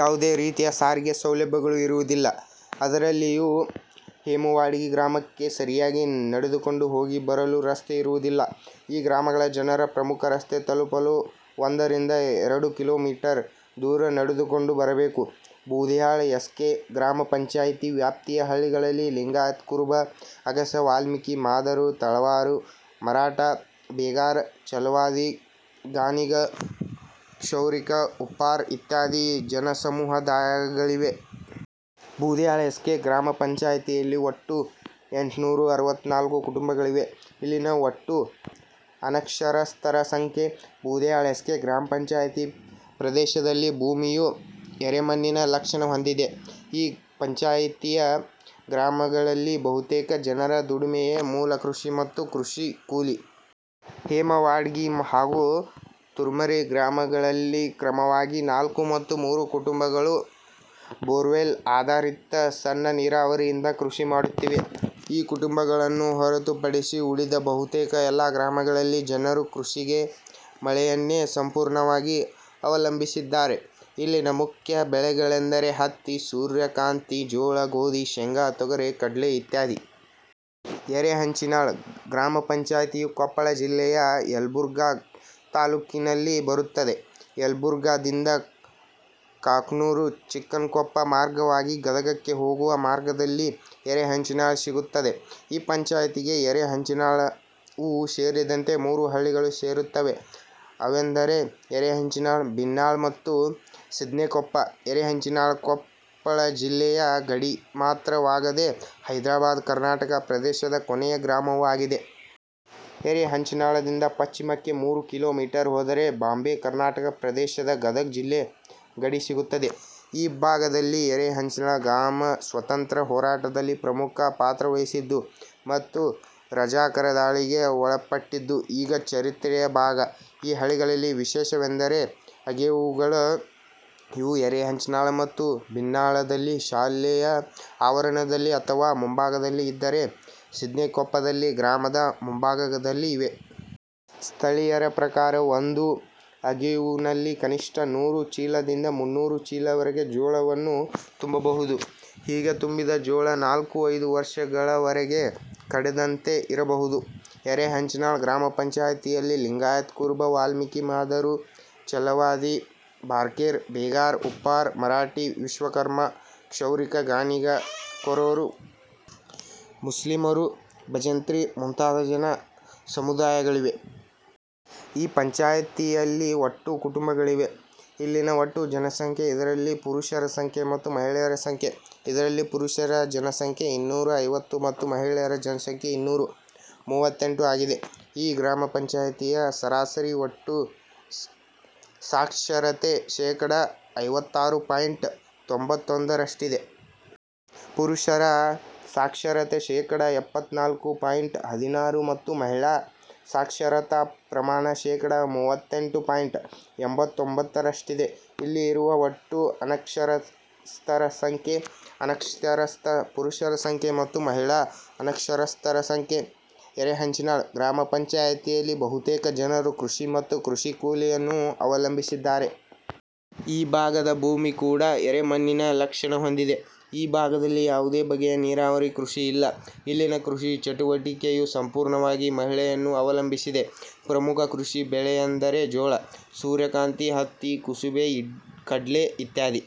ಯಾವುದೇ ರೀತಿಯ ಸಾರಿಗೆ ಸೌಲಭ್ಯಗಳು ಇರುವುದಿಲ್ಲ. ಅದರಲ್ಲಿಯೂ ಹೇಮವಾಡಗಿ ಗ್ರಾಮಕ್ಕೆ ಸರಿಯಾಗಿ ನಡೆದುಕೊಂಡು ಹೋಗಿ ಬರಲು ರಸ್ತೆ ಇರುವುದಿಲ್ಲ. ಈ ಗ್ರಾಮಗಳ ಜನರು ಪ್ರಮುಖ ರಸ್ತೆ ತಲುಪಲು ಒಂದರಿಂದ ಎರಡು ಕಿಲೋ ಮೀಟರ್ ದೂರ ನಡೆದುಕೊಂಡು ಬರಬೇಕು. ಬೂದಿಹಾಳ ಎಸ್. ಕೆ. ಗ್ರಾಮಪಂಚಾಯತಿ ವ್ಯಾಪ್ತಿಯ ಹಳ್ಳಿಗಳಲ್ಲಿ ಲಿಂಗಾಯತ ಕುರುಬ, ಅಗಸ, ವಾಲ್ಮೀಕಿ, ಮಾದರು, ತಳವಾರ, ಮರಾಠ, ಬೇಗಾರ್, ಚಲವಾದಿ, ಗಾಣಿಗ, ಕ್ಷೌರಿಕ, ಉಪ್ಪಾರ ಇತ್ಯಾದಿ ಜನಸಮುದಾಯಗಳಿವೆ. ಬೂದಿಹಾಳ ಎಸ್. ಕೆ. ಗ್ರಾಮಪಂಚಾಯತಿಯಲ್ಲಿ ಒಟ್ಟು ಎಂಟುನುರ ಅರವತ್ತ ನಾಲ್ಕು ಕುಟುಂಬಗಳಿವೆ. ಇಲ್ಲಿನ ಒಟ್ಟು ಅನಕ್ಷರಸ್ಥರ ಸಂಖ್ಯೆ. ಬೂದಿಹಾಳ ಎಸ್. ಕೆ. ಗ್ರಾಮಪಂಚಾಯತಿ ಪ್ರದೇಶದಲ್ಲಿ ಭೂಮಿಯು ಯರೇಮಣ್ಣಿನ ಲಕ್ಷಣ ಹೊಂದಿದೆ. ಈ ಪಂಚಾಯತಿಯ ಗ್ರಾಮಗಳಲ್ಲಿ ಬಹುತೇಕ ಜನರ ದುಡಿಮೆಯೆ ಮೂಲ ಕೃಷಿ ಮತ್ತು ಕೃಷಿ ಕೂಲಿ. ಹೇಮವಾಡಗಿ ಹಾಗೂ ತೂರಮರಿ ಗ್ರಾಮಗಳಲ್ಲಿ ಕ್ರಮವಾಗಿ ನಾಲ್ಕು ಮತ್ತು ಮೂರು ಕುಟುಂಬಗಳು ಬೋರ್ವೇಲ್ ಆಧಾರಿತ ಸಣ್ಣ ನೀರಾವರಿಯಿಂದ ಕೃಷಿ ಮಾಡುತ್ತಿವೆ. ಈ ಕುಟುಂಬಗಳನ್ನು ಹೊರತುಪಡಿಸಿ ಉಳಿದ ಬಹುತೇಕ ಎಲ್ಲಾ ಗ್ರಾಮಗಳಲ್ಲಿ ಜನರು ಕೃಷಿಗೆ ಮಳೆಯನ್ನೆ ಸಂಪೂರ್ಣವಾಗಿ ಅವಲಂಬಿಸಿದ್ದಾರೆ. ಇಲ್ಲಿನ ಮುಖ್ಯ ಬೆಳೆಗಳೆಂದರೆ, ಹತ್ತಿ, ಸೂರ್ಯಕಾಂತಿ, ಜೋಳ, ಗೋಧಿ, ಶೇಂಗಾ, ತೊಗರಿ, ಕಡ್ಲೆ ಇತ್ಯಾದಿ. ಯರೇಹಂಚಿನಾಳ ಗ್ರಾಮಪಂಚಾಯತಿಯು ಕೊಪ್ಪಳ ಜಿಲ್ಲೆಯ ಯಲಬುರ್ಗಾ ತಾಲ್ಲೂಕಿನಲ್ಲಿ ಬರುತ್ತದೆ. ಯಲಬುರ್ಗಾದಿಂದ ಕೂಕನೂರು, ಚಿಕ್ಕನಕೊಪ್ಪ ಮಾರ್ಗವಾಗಿ ಗದಗಕ್ಕೆ ಹೋಗುವ ಮಾರ್ಗದಲ್ಲಿ ಯರೇಹಂಚಿನಾಳ ಸಿಗುತ್ತದೆ. ಈ ಪಂಚಾಯತಿಗೆ ಯರೇಹಂಚಿನಾಳವು ಸೇರಿದಂತೆ ಮೂರು ಹಳ್ಳಿಗಳು ಸೇರುತ್ತವೆ. ಅವೆಂದರೆ ಯರೇಹಂಚಿನಾಳ, ಭಿನ್ನಾಳ ಮತ್ತು ಶಿದ್ನೇಕೊಪ್ಪ, ಯರೇಹಂಚಿನಾಳ ಕೊಪ್ಪಳ ಜಿಲ್ಲೆಯ ಗಡಿಮಾತ್ರವಾಗದೆ ಹೈದ್ರಾಬಾದ್ ಕರ್ನಾಟಕ ಪ್ರದೇಶದ ಕೊನೆಯ ಗ್ರಾಮವೂ ಆಗಿದೆ. ಯರೇಹಂಚಿನಾಳದಿಂದ ಪಶ್ಚಿಮಕ್ಕೆ ಮೂರು ಕಿಲೋ ಮೀಟರ್ ಹೋದರೆ ಬಾಂಬೆ ಕರ್ನಾಟಕ ಪ್ರದೇಶದ ಗದಗ ಜಿಲ್ಲೆ ಗಡಿ ಸಿಗುತ್ತದೆ. ಈ ಭಾಗದಲ್ಲಿ ಯರೇಹಂಚಿನಾಳ ಗ್ರಾಮ ಸ್ವತಂತ್ರ ಹೋರಾಟದಲ್ಲಿ ಪ್ರಮುಖ ಪಾತ್ರವಹಿಸಿದ್ದು ಮತ್ತು ರಜಾಕರ ದಾಳಿಗೆ ಒಳಪಟ್ಟಿದ್ದು ಈಗ ಚರಿತ್ರೆಯ ಭಾಗ. ಈ ಹಳ್ಳಿಗಳಲ್ಲಿ ವಿಶೇಷವೆಂದರೆ ಅಗೇವುಗಳು. ಇವು ಯರೇಹಂಚಿನಾಳ ಮತ್ತು ಭಿನ್ನಾಳದಲ್ಲಿ ಶಾಲೆಯ ಆವರಣದಲ್ಲಿ ಅಥವಾ ಮುಂಭಾಗದಲ್ಲಿ ಇದ್ದರೆ, ಶಿದ್ನೇಕೊಪ್ಪದಲ್ಲಿ ಗ್ರಾಮದ ಮುಂಭಾಗದಲ್ಲಿ ಇವೆ. ಸ್ಥಳೀಯರ ಪ್ರಕಾರ ಒಂದು ಅಗೇವುನಲ್ಲಿ ಕನಿಷ್ಟ ನೂರು ಚೀಲದಿಂದ ಮುನ್ನೂರು ಚೀಲದವರೆಗೆ ಜೋಳವನ್ನು ತುಂಬಬಹುದು. ಹೀಗೆ ತುಂಬಿದ ಜೋಳ ನಾಲ್ಕು, ಐದು ವರ್ಷಗಳವರೆಗೆ ಕೆಡದಂತೆ ಇಡಬಹುದು. ಯರೇಹಂಚಿನಾಳ ಗ್ರಾಮಪಂಚಾಯತಿಯಲ್ಲಿ ಲಿಂಗಾಯತ ಕುರುಬ, ವಾಲ್ಮೀಕಿ, ಮಾದರು, ಚಲವಾದಿ, ಬಾರ್ಕೇರ್, ಬೇಗಾರ್, ಉಪ್ಪಾರ, ಮರಾಠಿ, ವಿಶ್ವಕರ್ಮ, ಕ್ಷೌರಿಕ, ಗಾಣಿಗ, ಕೊರವರು, ಮುಸ್ಲಿಮರು, ಬಜಂತ್ರಿ ಮುಂತಾದ ಜನ ಸಮುದಾಯಗಳಿವೆ. ಈ ಪಂಚಾಯತಿಯಲ್ಲಿ ಒಟ್ಟು ಕುಟುಂಬಗಳಿವೆ. ಇಲ್ಲಿನ ಒಟ್ಟು ಜನಸಂಖ್ಯೆ. ಇದರಲ್ಲಿ ಪುರುಷರ ಸಂಖ್ಯೆ ಮತ್ತು ಮಹಿಳೆಯರ ಸಂಖ್ಯೆ. ಇದರಲ್ಲಿ ಪುರುಷರ ಜನಸಂಖ್ಯೆ ಇನ್ನೂರ ಐವತ್ತು ಮತ್ತು ಮಹಿಳೆಯರ ಜನಸಂಖ್ಯೆ ಇನ್ನೂರ ಮೂವತ್ತೆಂಟು ಆಗಿದೆ. ಈ ಗ್ರಾಮಪಂಚಾಯತಿಯ ಸರಾಸರಿ ಒಟ್ಟು ಸಾಕ್ಷರತೆ ಶೇಕಡ ಐವತ್ತಾರು ಪಾಯಿಂಟ್ ತೊಂಭತ್ತೊಂದರಷ್ಟಿದೆ. ಪುರುಷರ ಸಾಕ್ಷರತೆ ಶೇಕಡ ಎಪ್ಪತ್ತ ನಾಲ್ಕು ಪಾಯಿಂಟ್ ಹದಿನಾರು ಮತ್ತು ಮಹಿಳಾ ಸಾಕ್ಷರತಾ ಪ್ರಮಾಣ ಶೇಕಡ ಮೂವತ್ತೆಂಟು ಪಾಯಿಂಟ್ ಎಂಭತ್ತೊಂಭತ್ತರಷ್ಟಿದೆ ಇಲ್ಲಿ ಇರುವ ಒಟ್ಟು ಅನಕ್ಷರಸ್ಥರ ಸಂಖ್ಯೆ ಅನಕ್ಷರಸ್ಥ ಪುರುಷರ ಸಂಖ್ಯೆ ಮತ್ತು ಮಹಿಳಾ ಅನಕ್ಷರಸ್ಥರ ಸಂಖ್ಯೆ. ಯರೇಹಂಚಿನಾಳ ಗ್ರಾಮಪಂಚಾಯತಿಯಲ್ಲಿ ಬಹುತೇಕ ಜನರು ಕೃಷಿ ಮತ್ತು ಕೃಷಿ ಕೂಲಿಯನ್ನು ಅವಲಂಬಿಸಿದ್ದಾರೆ. ಈ ಭಾಗದ ಭೂಮಿ ಕೂಡ ಯರೇಮಣ್ಣಿನ ಲಕ್ಷಣ ಹೊಂದಿದೆ. ಈ ಭಾಗದಲ್ಲಿ ಯಾವುದೇ ಬಗೆಯ ನೀರಾವರಿ ಕೃಷಿ ಇಲ್ಲ. ಇಲ್ಲಿನ ಕೃಷಿ ಚಟುವಟಿಕೆಯು ಸಂಪೂರ್ಣವಾಗಿ ಮಳೆಯನ್ನು ಅವಲಂಬಿಸಿದೆ. ಪ್ರಮುಖ ಕೃಷಿ ಬೆಳೆಯೆಂದರೆ ಜೋಳ, ಸೂರ್ಯಕಾಂತಿ, ಹತ್ತಿ, ಕುಸುಬೆ, ಕಡ್ಲೆ ಇತ್ಯಾದಿ.